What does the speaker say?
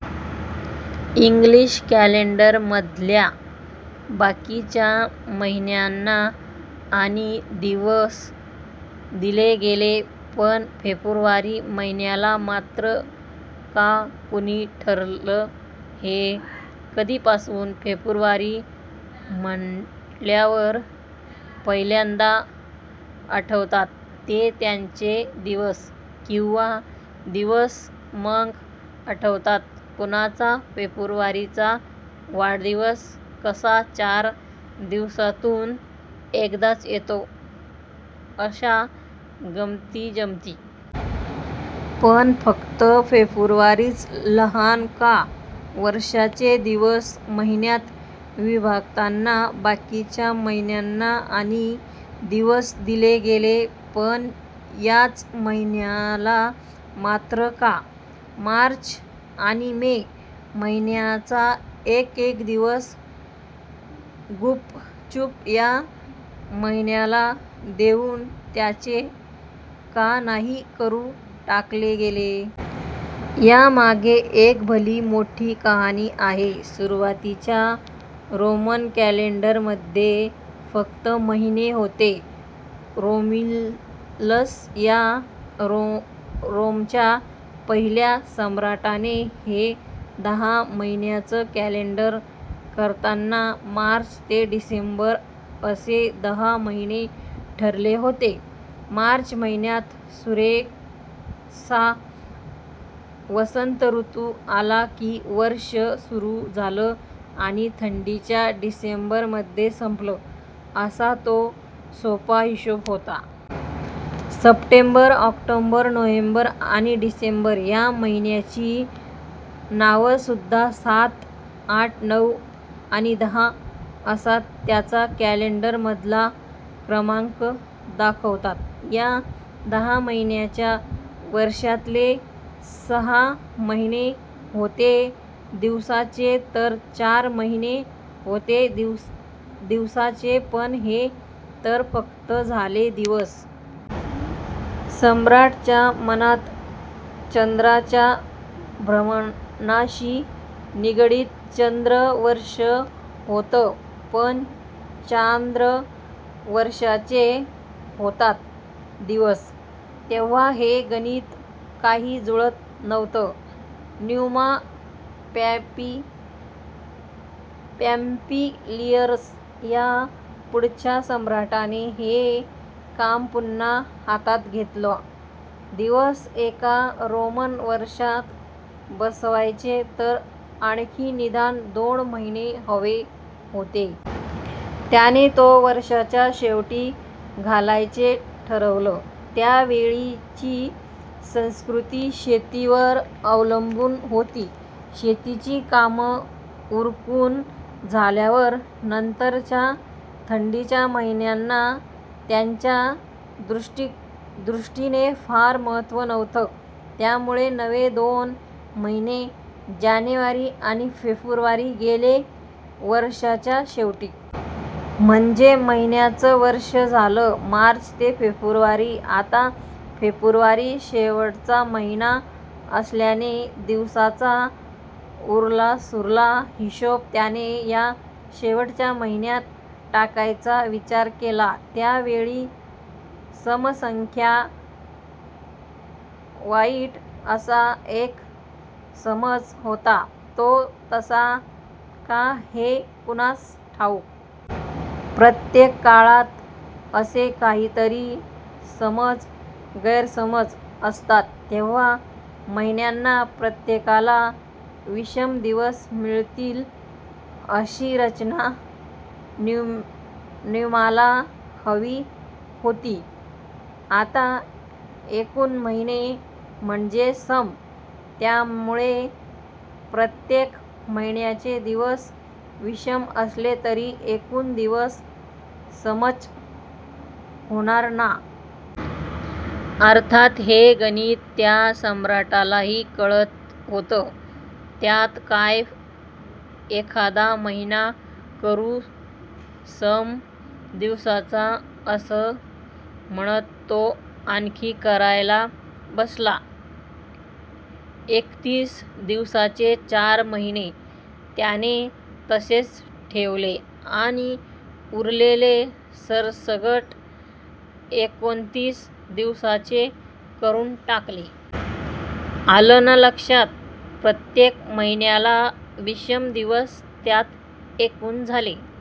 English कॅलेंडरमधल्या बाकीच्या महिन्यांना आणि दिवस दिले गेले, पण फेब्रुवारी महिन्याला मात्र का? कोणी ठरवलं हे? कधीपासून? फेब्रुवारी म्हटल्यावर पहिल्यांदा आठवतात ते त्याचे दिवस किंवा दिवस. मग आठवतात कोणाचा फेब्रुवारीचा वाढदिवस कसा चार वर्षांतून एकदाच येतो, अशा गमतीजमती. पण फक्त फेब्रुवारीच लहान का? वर्षाचे दिवस महिन्यात विभागताना बाकीच्या महिन्यांना आणि दिवस दिले गेले, पण याच महिन्याला मात्र का? मार्च आणि मे महिन्यांचा एक एक दिवस गुपचुप या महिन्याला देऊन त्याचे का नाही करून टाकले गेले? यामागे एक भली मोठ्ठी कहाणी आहे. सुरुवातीच्या रोमन कॅलेंडरमध्ये फक्त महिने होते. रोम्युलस या रोमच्या पहिल्या सम्राटाने हे दहा महिन्यांचं कॅलेंडर करताना मार्च ते डिसेंबर असे दहा महिने धरले होते. मार्च महिन्यात सुरेखसा वसंत ऋतू आला की वर्ष सुरू झालं आणि थंडीच्या डिसेंबरमध्ये संपलं, असा तो सोपा हिशेब होता. सप्टेंबर, ऑक्टोबर, नोव्हेंबर, आणि डिसेंबर ह्या महिन्यांची नावंसुद्धा सात, आठ, नऊ, आणि दहा असा त्यांचा कॅलेंडरमधला क्रमांक दाखवतात. या दहा महिन्यांच्या वर्षातले सहा महिने होते दिवसांचे तर चार महिने होते दिवसांचे. पण हे तर फक्त झाले दिवस. सम्राटाच्या मनात चंद्राच्या भ्रमणाशी निगडित चांद्र वर्षं होतं. पण चांद्र वर्षाचे होतात दिवस. तेव्हा हे गणित काही जुळत नव्हतं. न्यूमा पॉम्पीलियस या पुढच्या सम्राटाने हे काम पुन्हा हातात घेतलं. दिवस एका रोमन वर्षात बसवायचे तर आणखी निदान दोन महिने हवे होते. त्याने ते वर्षाच्या शेवटी घालायचे ठरवलं. त्यावेळची संस्कृती शेतीवर अवलंबून होती. शेतीची कामं उरकून झाल्यावर नंतरच्या थंडीच्या महिन्यांना त्यांच्या दृष्टीने फार महत्त्व नव्हतं. त्यामुळे नवे दोन महिने जानेवारी आणि फेब्रुवारी गेले वर्षाच्या शेवटी. म्हणजे महिन्यांचं वर्ष झालं मार्च ते फेब्रुवारी. आता फेब्रुवारी शेवटचा महिना असल्याने दिवसांचा उरलासुरला हिशेब त्याने या शेवटच्या महिन्यात टाकायचा विचार केला. त्या काळी सम संख्या वाईट असा एक समज होता. तो तसा का, हे कुणास ठाऊक. प्रत्येक काळात असे काहीतरी समज-गैरसमज असतात. तेव्हा महिन्यांना प्रत्येकाला विषम दिवस मिळतील, अशी रचना न्यूमाला हवी होती. आता एकूण महिने म्हणजे सम. त्यामुळे प्रत्येक महिन्याचे दिवस विषम असले तरी एकूण दिवस समच होणार ना? अर्थात, हे गणित त्या सम्राटालाही कळत होतं. त्यात काय, एखादा महिना करू सम दिवसाचा, असं म्हणत तो आखणी करायला बसला. एकतीस दिवसांचे चार महिने त्याने तसेच ठेवले आणि उरलेले सरसकट एकोणतीस दिवसांचे करून टाकले. आलं ना लक्षात, प्रत्येक महिन्याला विषम दिवस. त्यात एकूण झाले